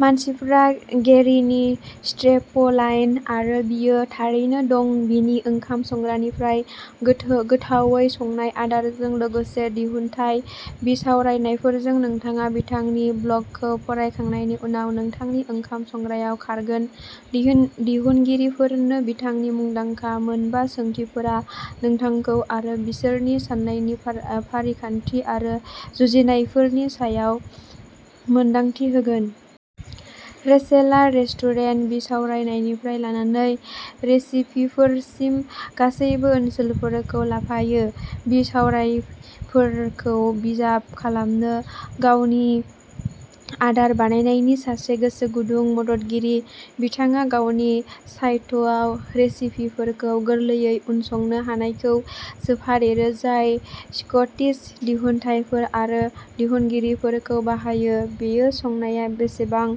मानसिफ्रा गेरिनि स्ट्रेपलाइन आरो बियो थारैनो दं बिनि ओंखाम संग्रानिफ्राय गोथो गोथावै संनाय आदारजों लोगोसे दिहुनथाय बिसावरायनायफोरजों नोंथाङा बिथांनि ब्लगखौ फरायखांनायनि उनाव नोंथांनि ओंखाम संग्रायाव खारगोन। दिहुन दिहुनगिरिफोरनो बिथांनि मुंदांखा मोन बा सोंथिफोरा नोंथांखौ आरो बिसोरनि साननायनि फार फारिखान्थि आरो जुजिनायफोरनि सायाव मोनदांथि होगोन। रेचेलआ रेस्टुरेन्ट बिसावरायनायनिफ्राय लानानै रेसिपिफोरसिम गासैबो ओनसोलफोरखौ लाफायो, बिसावरायफोरखौ बिजाब खालामनो। गावनि आदार बानायनायनि सासे गोसोगुदुं मददगिरि, बिथाङा गावनि साइटआव रेसिपिफोरखौ गोरलैयै उनसंनो हानायखौ सोफादेरो, जाय स्कटिस दिहुनथायफोर आरो दिहुनगिरिफोरखौ बाहायो। बेयो संनाया बेसेबां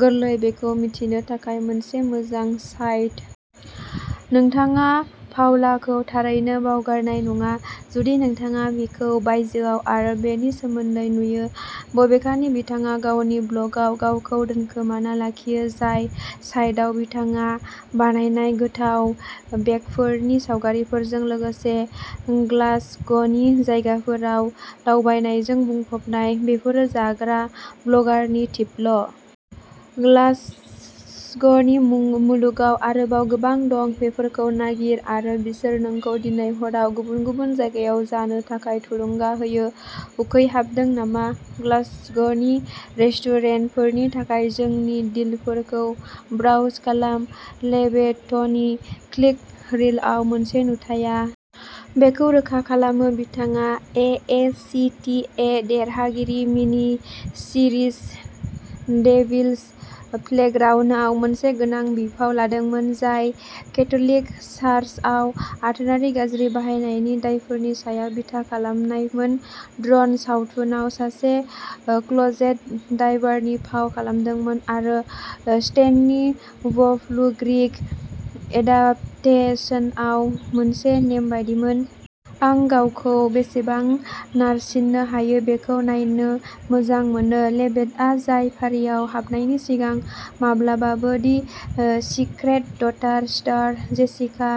गोरलै बेखौ मिथिनो थाखाय मोनसे मोजां साइट। नोंथाङा पाउलाखौ थारैनो बावगारनाय नङा, जुदि नोंथाङा बिखौ बायजोआव आरो बेनि सोमोन्दै नुयो, बबेखानि बिथाङा गावनि ब्लगआव गावखौ दोनखोमाना लाखियो, जाय साइटआव बिथाङा बानायनाय गोथाव बेकफोरनि सावगारिफोरजों लोगोसे ग्लासग'नि जायगाफोराव दावबायनायजों बुंफबनाय। बेफोरो जाग्रा ब्लगारनि टिपल'। ग्लासग'नि मुं मुलुगाव आरोबाव गोबां दं। बेफोरखौ नागिर आरो बिसोर नोंखौ दिनै हराव गुबुन गुबुन जायगायाव जानो थाखाय थुलुंगा होयो। उखैहाबदों नामा? ग्लासग'नि रेस्टुरेन्टफोरनि थाखाय जोंनि डिलफोरखौ ब्राउज खालाम। लेभेटनि क्लिक रिलआव मोनसे नुथाया बेखौ रोखा खालामो बिथाङा ए ए सि टि ए देरहागिरि मिनिसिरिज डेविल्स प्लेग्राउन्दआव मोनसे गोनां बिफाव लादोंमोन, जाय केथ'लिक चार्चआव आथोनारि गाज्रि बाहायनायनि दायफोरनि सायाव बिथा खालामनायमोन, ड्र'न सावथुनाव सासे क्लोजेट डाइभारनि फाव खालामदोंमोन आरो ओ स्टेननि वुल्फ क्रीक एडाप्टेसनआव मोनसे नेमबादिमोन। आं गावखौ बेसेबां नारसिननो हायो बेखौ नायनो मोजां मोनो लेभेटआ जाय फारिआव हाबनायनि सिगां माब्लाबाबो दि ओ सिक्रेट डटार स्टार जेसिका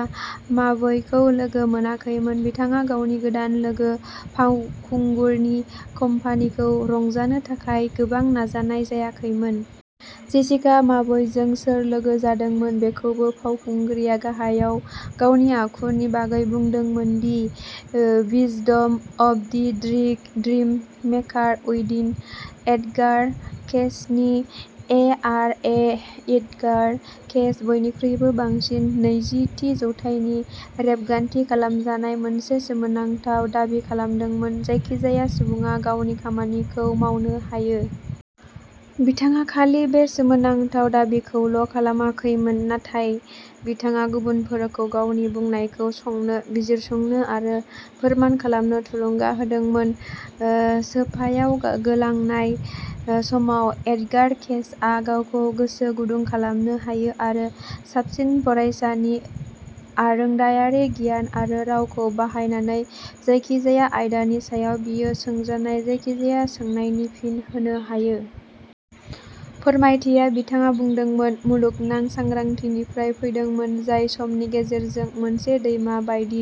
माबयखौ लोगो मोनाखैमोन। बिथाङा गावनि गोदान लोगो फावखुंगुरनि कम्पानीखौ रंजानो थाखाय गोबां नाजानाय जायाखैमोन। जेसिका माबयजों सोर लोगो जादोंमोन, बेखौबो। फावखुंग्रिआ गाहायाव गावनि आखुनि बागै बुंदोंमोन। दि ओ wisdom of the dream maker उइदिन। एडगार केइसनि A R E Edgar Cayce, बयनिख्रुइबो बांसिन। नैजि थि जौथाइनि रेबगान्थि खालामजानाय मोनसे सोमोनांथाव दाबि खालामदोंमोन जायखिजाया सुबुङा गावनि खामानिखौ मावनो हायो। बिथाङा खालि बे सोमोनांथाव दाबिखौल' खालामाखैमोन, नाथाय बिथाङा गुबुनफोरखौ गावनि बुंनायखौ संनो, बिजिरसंनो आरो फोरमान खालामनो थुलुंगा होदोंमोन। ओ सोफायाव गोलांनाय समाव, एडगार केइसआ गावखौ गोसो गुदुं खालामनो हायो आरो साबसिन फरायसानि आरोंदायारि गियान आरो रावखौ बाहायनानै जायखिजाया आयदानि सायाव बियो सोंजानाय जायखिजाया सोंनायनि फिन होनो हायो। फोरमायथिया, बिथाङा बुंदोंमोन, मुलुगनां सांग्रांथि निफ्राय फैदोंमोन, जाय समनि गेजेरजों मोनसे दैमा बायदि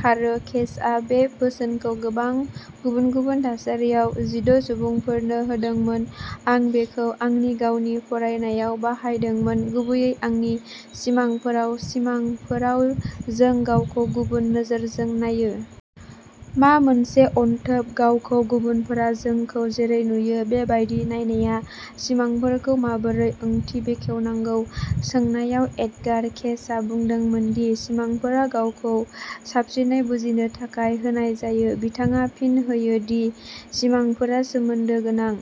खारो। केइसआ बे बोसोनखौ गोबां गुबुन-गुबुन थासारियाव जिद’ सुबुंफोरनो होदोंमोन। आं बेखौ आंनि गावनि फरायनायाव बाहायदोंमोन, गुबैयै आंनि सिमांफोराव। सिमांफोराव, जों गावखौ गुबुन नोजोरजों नायो। मा मोनसे अनथोब गावखौ गुबुनफोरा जोंखौ जेरै नुयो बे बायदि नायनाया। सिमांफोरखौ माबोरै ओंथि बेखेवनांगौ सोंनायाव, एडगार केइसआ बुंदोंमोन दि सिमांफोरा गावखौ साबसिनै बुजिनो थाखाय होनाय जायो। बिथाङा फिन होयो दि सिमांफोरा सोमोन्दो गोनां।